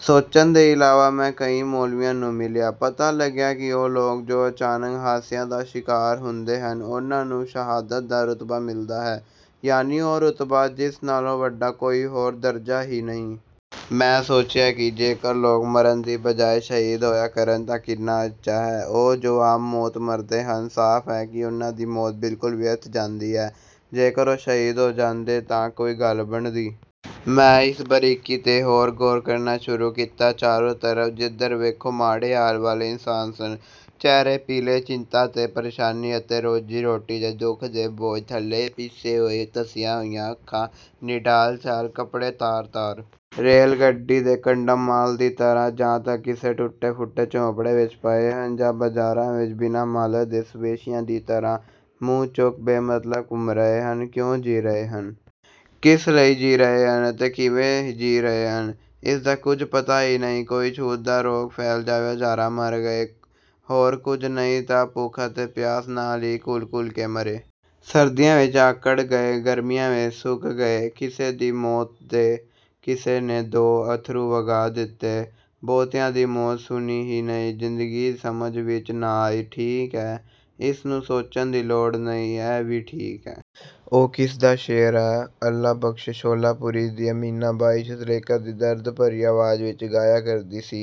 ਸੋਚਣ ਦੇ ਇਲਾਵਾ ਮੈਂ ਕਈ ਮੌਲਵੀਆਂ ਨੂੰ ਮਿਲਿਆ। ਪਤਾ ਲੱਗਿਆ ਕਿ ਉਹ ਲੋਕ, ਜੋ ਅਚਾਨਕ ਹਾਦਸਿਆਂ ਦਾ ਸ਼ਿਕਾਰ ਹੁੰਦੇ ਹਨ, ਉਨ੍ਹਾਂ ਨੂੰ ਸ਼ਹਾਦਤ ਦਾ ਰੁਤਬਾ ਮਿਲਦਾ ਹੈ। ਯਾਨੀ ਉਹ ਰੁਤਬਾ, ਜਿਸ ਨਾਲੋਂ ਵੱਡਾ ਕੋਈ ਹੋਰ ਦਰਜਾ ਹੀ ਨਹੀਂ। ਮੈਂ ਸੋਚਿਆ ਕਿ ਜੇਕਰ ਲੋਕ ਮਰਨ ਦੀ ਬਜਾਏ ਸ਼ਹੀਦ ਹੋਇਆ ਕਰਨ ਤਾਂ ਕਿੰਨਾ ਅੱਛਾ ਹੈ। ਉਹ ਜੋ ਆਮ ਮੌਤ ਮਰਦੇ ਹਨ। ਸਾਫ਼ ਹੈ ਕਿ ਉਨ੍ਹਾਂ ਦੀ ਮੌਤ ਬਿਲਕੁਲ ਵਿਅਰਥ ਜਾਂਦੀ ਹੈ। ਜੇਕਰ ਉਹ ਸ਼ਹੀਦ ਹੋ ਜਾਂਦੇ ਤਾਂ ਕੋਈ ਗੱਲ ਬਣਦੀ। ਮੈਂ ਇਸ ਬਰੀਕੀ ਤੇ ਹੋਰ ਗੌਰ ਕਰਨਾ ਸ਼ੁਰੂ ਕੀਤਾ। ਚਾਰੋਂ ਤਰਫ਼ ਜਿੱਧਰ ਵੇਖੋ, ਮਾੜੇ ਹਾਲ ਵਾਲੇ ਇਨਸਾਨ ਸਨ। ਚਿਹਰੇ ਪੀਲੇ, ਚਿੰਤਾ ਤੇ ਪਰੇਸ਼ਾਨੀ ਅਤੇ ਰੋਜ਼ੀ-ਰੋਟੀ ਦੇ ਦੁੱਖ ਦੇ ਬੋਝ ਥੱਲੇ ਪਿਸੇ ਹੋਏ, ਧਸੀਆਂ ਹੋਈਆਂ ਅੱਖਾਂ, ਨਿਢਾਲ ਚਾਲ, ਕੱਪੜੇ ਤਾਰ-ਤਾਰ। ਰੇਲ-ਗੱਡੀ ਦੇ ਕੰਡਮ ਮਾਲ ਦੀ ਤਰ੍ਹਾਂ ਜਾਂ ਤਾਂ ਕਿਸੇ ਟੁੱਟੇ-ਫੁੱਟੇ ਝੋਂਪੜੇ ਵਿੱਚ ਪਏ ਹਨ ਜਾਂ ਬਜ਼ਾਰਾਂ ਵਿੱਚ ਬਿਨਾਂ ਮਾਲਕ ਦੇ ਮਵੇਸ਼ੀਆਂ ਦੀ ਤਰ੍ਹਾਂ ਮੂੰਹ ਚੁੱਕ ਬੇਮਤਲਬ ਘੁੰਮ ਰਹੇ ਹਨ। ਕਿਉਂ ਜੀ ਰਹੇ ਹਨ? ਕਿਸ ਲਈ ਜੀ ਰਹੇ ਹਨ ਅਤੇ ਕਿਵੇਂ ਜੀ ਰਹੇ ਹਨ? ਇਸ ਦਾ ਕੁਝ ਪਤਾ ਹੀ ਨਹੀਂ। ਕੋਈ ਛੂਤ ਦਾ ਰੋਗ ਫੈਲ ਜਾਵੇ। ਹਜ਼ਾਰਾਂ ਮਰ ਗਏ। ਹੋਰ ਕੁਝ ਨਹੀਂ ਤਾਂ ਭੁੱਖ ਅਤੇ ਪਿਆਸ ਨਾਲ ਹੀ ਘੁਲ-ਘੁਲ ਕੇ ਮਰੇ। ਸਰਦੀਆਂ ਵਿੱਚ ਆਕੜ ਗਏ, ਗਰਮੀਆਂ ਵਿੱਚ ਸੁੱਕ ਗਏ। ਕਿਸੇ ਦੀ ਮੌਤ ਤੇ ਕਿਸੇ ਨੇ ਦੋ ਅੱਥਰੂ ਵਗਾ ਦਿੱਤੇ। ਬਹੁਤਿਆਂ ਦੀ ਮੌਤ ਸੁੰਨੀ ਹੀ ਰਹੀ। ਜ਼ਿੰਦਗੀ ਸਮਝ ਵਿੱਚ ਨਾ ਆਈ, ਠੀਕ ਹੈ। ਇਸ ਨੂੰ ਸੋਚਣ ਦੀ ਲੋੜ ਨਹੀਂ, ਇਹ ਵੀ ਠੀਕ ਹੈ। ਉਹ ਕਿਸ ਦਾ ਸ਼ੇਅਰ ਹੈ। ਅੱਲਾ ਬਖ਼ਸ਼ੇ ਸ਼ੋਲਾਪੁਰੀ ਦੀ ਅਮੀਨਾ ਬਾਈ ਚਿਤਲੇਕਰ ਦੀ ਦਰਦ-ਭਰੀ ਆਵਾਜ਼ ਵਿੱਚ ਗਾਇਆ ਕਰਦੀ ਸੀ,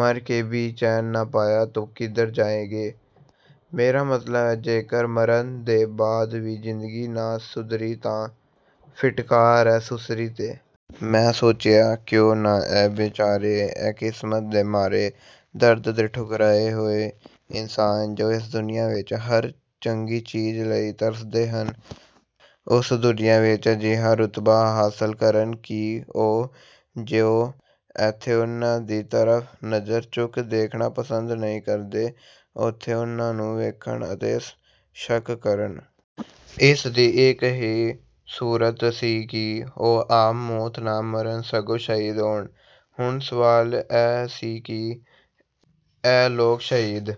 "ਮਰ ਕੇ ਭੀ ਚੈਨ ਨਾ ਪਾਇਆ ਤੋ ਕਿਧਰ ਜਾਏਗੇ।" ਮੇਰਾ ਮਤਲਬ ਹੈ, ਜੇਕਰ ਮਰਨ ਦੇ ਬਾਅਦ ਵੀ ਜ਼ਿੰਦਗੀ ਨਾ ਸੁਧਰੀ ਤਾਂ ਫਿਟਕਾਰ ਹੈ ਸੁਸਰੀ ਤੇ। ਮੈਂ ਸੋਚਿਆ, ਕਿਉਂ ਨਾ ਇਹ ਬੇਚਾਰੇ, ਇਹ ਕਿਸਮਤ ਦੇ ਮਾਰੇ, ਦਰਦ ਦੇ ਠੁਕਰਾਏ ਹੋਏ ਇਨਸਾਨ, ਜੋ ਇਸ ਦੁਨੀਆ ਵਿੱਚ ਹਰ ਚੰਗੀ ਚੀਜ਼ ਲਈ ਤਰਸਦੇ ਹਨ, ਉਸ ਦੁਨੀਆ ਵਿੱਚ ਅਜਿਹਾ ਰੁਤਬਾ ਹਾਸਲ ਕਰਨ ਕਿ ਉਹ, ਜੋ ਇੱਥੇ ਉਨ੍ਹਾਂ ਦੀ ਤਰਫ਼ ਨਜ਼ਰ ਚੁੱਕ ਦੇਖਣਾ ਪਸੰਦ ਨਹੀਂ ਕਰਦੇ, ਉੱਥੇ ਉਨ੍ਹਾਂ ਨੂੰ ਵੇਖਣ ਅਤੇ ਸ਼ਕ ਕਰਨ। ਇਸ ਦੀ ਇੱਕ ਹੀ ਸੂਰਤ ਸੀ ਕਿ ਉਹ ਆਮ ਮੌਤ ਨਾ ਮਰਨ, ਸਗੋਂ ਸ਼ਹੀਦ ਹੋਣ। ਹੁਣ ਸਵਾਲ ਇਹ ਸੀ ਕਿ ਇਹ ਲੋਕ ਸ਼ਹੀਦ